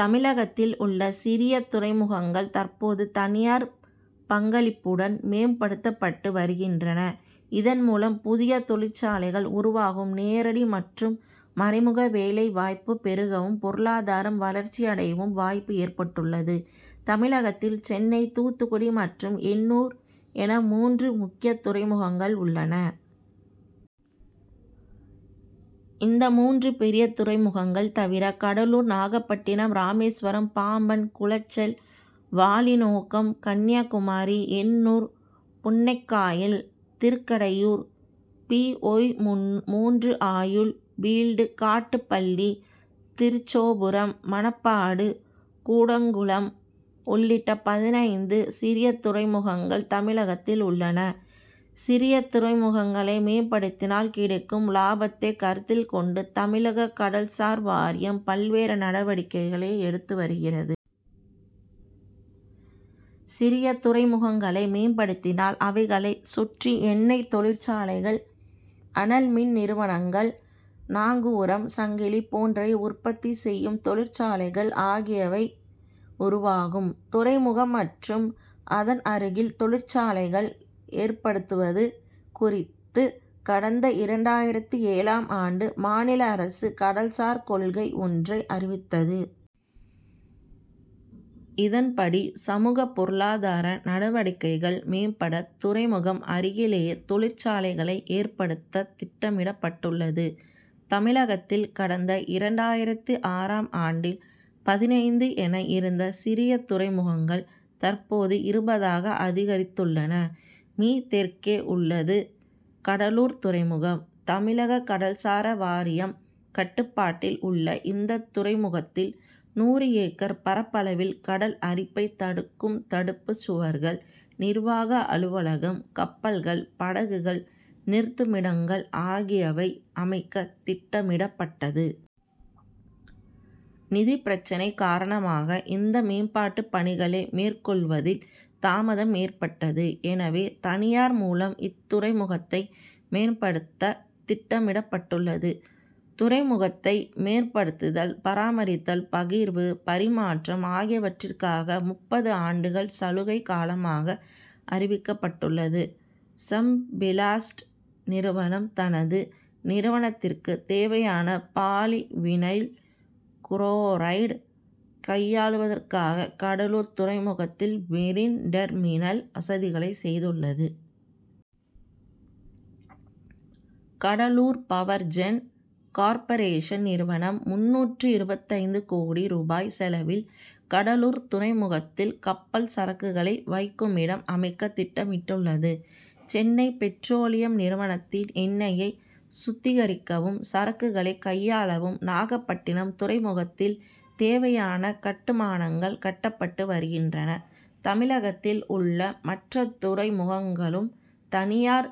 தமிழகத்தில் உள்ள சிறிய துறைமுகங்கள் தற்போது தனியார் பங்களிப்புடன் மேம்படுத்தப்பட்டு வருகின்றன. இதன் மூலம், புதிய தொழிற்சாலைகள் உருவாகவும்; நேரடி மற்றும் மறைமுக வேலை வாய்ப்பு பெருகவும்; பொருளாதாரம் வளர்ச்சியடையவும் வாய்ப்பு ஏற்பட்டுள்ளது. தமிழகத்தில் சென்னை, தூத்துக்குடி மற்றும் எண்ணூர் என மூன்று முக்கிய துறைமுகங்கள் உள்ளன. இந்த மூன்று பெரிய துறைமுகங்கள் தவிர, கடலூர், நாகப்பட்டினம், ராமேஸ்வரம், பாம்பன், குளச்சல், வாலினோக்கம், கன்னியாகுமரி, எண்ணூர், புண்ணக்காயல், திருக்கடையூர், பி. ஒய்-மூன்று ஆயில் பீல்டு, காட்டுப்பள்ளி, திருச்சோபுரம், மணப்பாடு, கூடங்குளம் உள்ளிட்ட பதினைந்து சிறிய துறைமுகங்கள் தமிழகத்தில் உள்ளன. சிறிய துறைமுகங்களை மேம்படுத்தினால் கிடைக்கும் லாபத்தை கருத்தில் கொண்டு, தமிழக கடல்சார் வாரியம் பல்வேறு நடவடிக்கைகளை எடுத்து வருகிறது. சிறிய துறைமுகங்களை மேம்படுத்தினால், அவைகளைச் சுற்றி எண்ணெய் தொழிற்சாலைகள், அனல் மின் நிறுவனங்கள், நாங்கூரம், சங்கிலி போன்றவை உற்பத்தி செய்யும் தொழிற்சாலைகள் ஆகியவை உருவாகும். துறைமுகம் மற்றும் அதன் அருகில் தொழிற்சாலைகள் ஏற்படுத்துவது குறித்து கடந்த இரண்டாயிரத்து ஏழாம் ஆண்டு மாநில அரசு கடல்சார் கொள்கை ஒன்றை அறிவித்தது. இதன்படி, சமூக, பொருளாதார நடவடிக்கைகள் மேம்பட துறைமுகம் அருகிலேயே தொழிற்சாலைகளை ஏற்படுத்த திட்டமிடப்பட்டுள்ளது. தமிழகத்தில், கடந்த இரண்டாயிரத்து ஆறாம் ஆண்டில் பதினைந்து என இருந்த சிறிய துறைமுகங்கள் தற்போது இருபதாக அதிகரித்துள்ளன. மீ., தெற்கே உள்ளது கடலூர் துறைமுகம். தமிழக கடல் சார் வாரியம் கட்டுப்பாட்டில் உள்ள இந்த துறைமுகத்தில் நூறு ஏக்கர் பரப்பளவில் கடல் அரிப்பை தடுக்கும் தடுப்பு சுவர்கள், நிர்வாக அலுவலகம், கப்பல்கள், படகுகள் நிறுத்துமிடங்கள் ஆகியவை அமைக்க திட்டமிடப்பட்டது. நிதி பிரச்னை காரணமாக இந்த மேம்பாட்டு பணிகளை மேற்கொள்ளுவதில் தாமதம் ஏற்பட்டது. எனவே, தனியார் மூலம் இத்துறைமுகத்தை மேம்படுத்த திட்டமிடப்பட்டுள்ளது. துறைமுகத்தை மேம்படுத்துதல், பராமரித்தல், பகிர்வு, பரிமாற்றம் ஆகியவற்றிற்காக முப்பது ஆண்டுகள் சலுகை காலமாக அறிவிக்கப்பட்டுள்ளது. செம்பிளாஸ்ட் நிறுவனம், தனது நிறுவனத்திற்கு தேவையான பாலி வினைல் குரோரைடு கையாளுவதற்காக கடலூர் துறைமுகத்தில் மெரின் டெர்மினல் வசதிகளை செய்துள்ளது. கடலூர் பவர்ஜென் கார்ப்பரேஷன் நிறுவனம் முந்நூற்று இருபத்தைந்து கோடி ரூபாய் செலவில் கடலூர் துறைமுகத்தில் கப்பல் சரக்குகளை வைக்குமிடம் அமைக்க திட்டமிட்டுள்ளது. சென்னை பெட்ரோலியம் நிறுவனத்தின் எண்ணெயை சுத்திகரிக்கவும், சரக்குகளை கையாளவும் நாகப்பட்டினம் துறைமுகத்தில் தேவையான கட்டுமானங்கள் கட்டப்பட்டு வருகின்றன. தமிழகத்தில் உள்ள மற்ற துறைமுகங்களும் தனியார்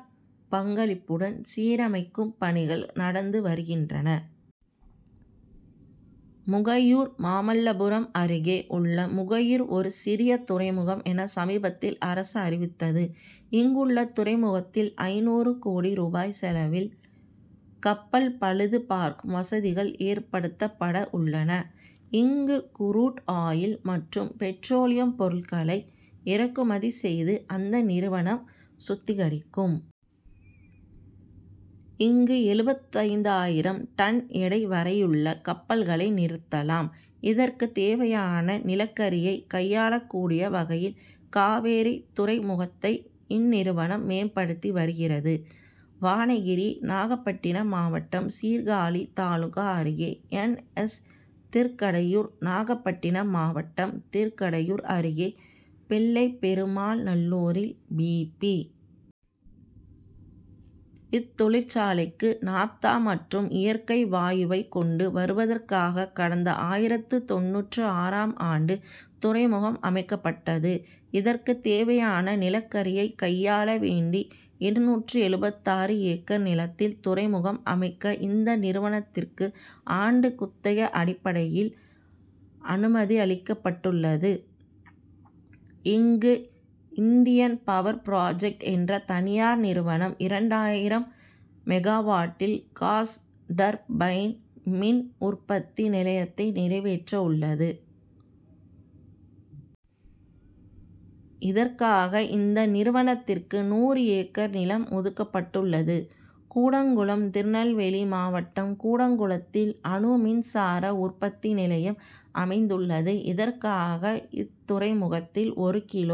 பங்களிப்புடன் சீரமைக்கும் பணிகள் நடந்து வருகின்றன. முகையூர்: மாமல்லபுரம் அருகே உள்ள முகையூர் ஒரு சிறிய துறைமுகம் என சமீபத்தில் அரசு அறிவித்தது. இங்குள்ள துறைமுகத்தில் ஐந்நூறு கோடி ரூபாய் செலவில் கப்பல் பழுது பார்க்கும் வசதிகள் ஏற்படுத்தப்பட உள்ளன. இங்கு குரூட் ஆயில் மற்றும் பெட்ரோலியம் பொருட்களை இறக்குமதி செய்து, அந்த நிறுவனம் சுத்திகரிக்கும். இங்கு எழுபத்தைந்தாயிரம் டன் எடை வரையுள்ள கப்பல்களை நிறுத்தலாம். இதற்கு தேவையான நிலக்கரியை கையாளக்கூடிய வகையில் காவேரி துறைமுகத்தை இந்நிறுவனம் மேம்படுத்தி வருகிறது. வானகிரி: நாகப்பட்டினம் மாவட்டம் சீர்காழி தாலுகா அருகே என். எஸ். திருக்கடையூர்: நாகப்பட்டினம் மாவட்டம், திருக்கடையூர் அருகே பிள்ளைபெருமாள்நல்லூரில் பி. பி. இத்தொழிற்சாலைக்கு நாப்தா மற்றும் இயற்கை வாயுவை கொண்டு வருவதற்காக கடந்த ஆயிரத்து தொண்ணூற்று ஆறாம் ஆண்டு துறைமுகம் அமைக்கப்பட்டது. இதற்கு தேவையான நிலக்கரியை கையாள வேண்டி, இருநூற்று எழுபத்தாறு ஏக்கர் நிலத்தில் துறைமுகம் அமைக்க இந்த நிறுவனத்திற்கு ஆண்டு குத்தகை அடிப்படையில் அனுமதியளிக்கப்பட்டுள்ளது. இங்கு, இந்தியன் பவர் புராஜக்ட் என்ற தனியார் நிறுவனம் இரண்டாயிரம் மெகாவாட்டில் காஸ் டர்பைன் மின் உற்பத்தி நிலையத்தை நிறைவேற்ற உள்ளது. இதற்காக இந்த நிறுவனத்திற்கு நூறு ஏக்கர் நிலம் ஒதுக்கப்பட்டுள்ளது. கூடங்குளம் திருநெல்வேலி மாவட்டம் கூடங்குளத்தில் அணுமின்சார உற்பத்தி நிலையம் அமைந்துள்ளது. இதற்காக, இத்துறைமுகத்தில் ஒரு கிலோ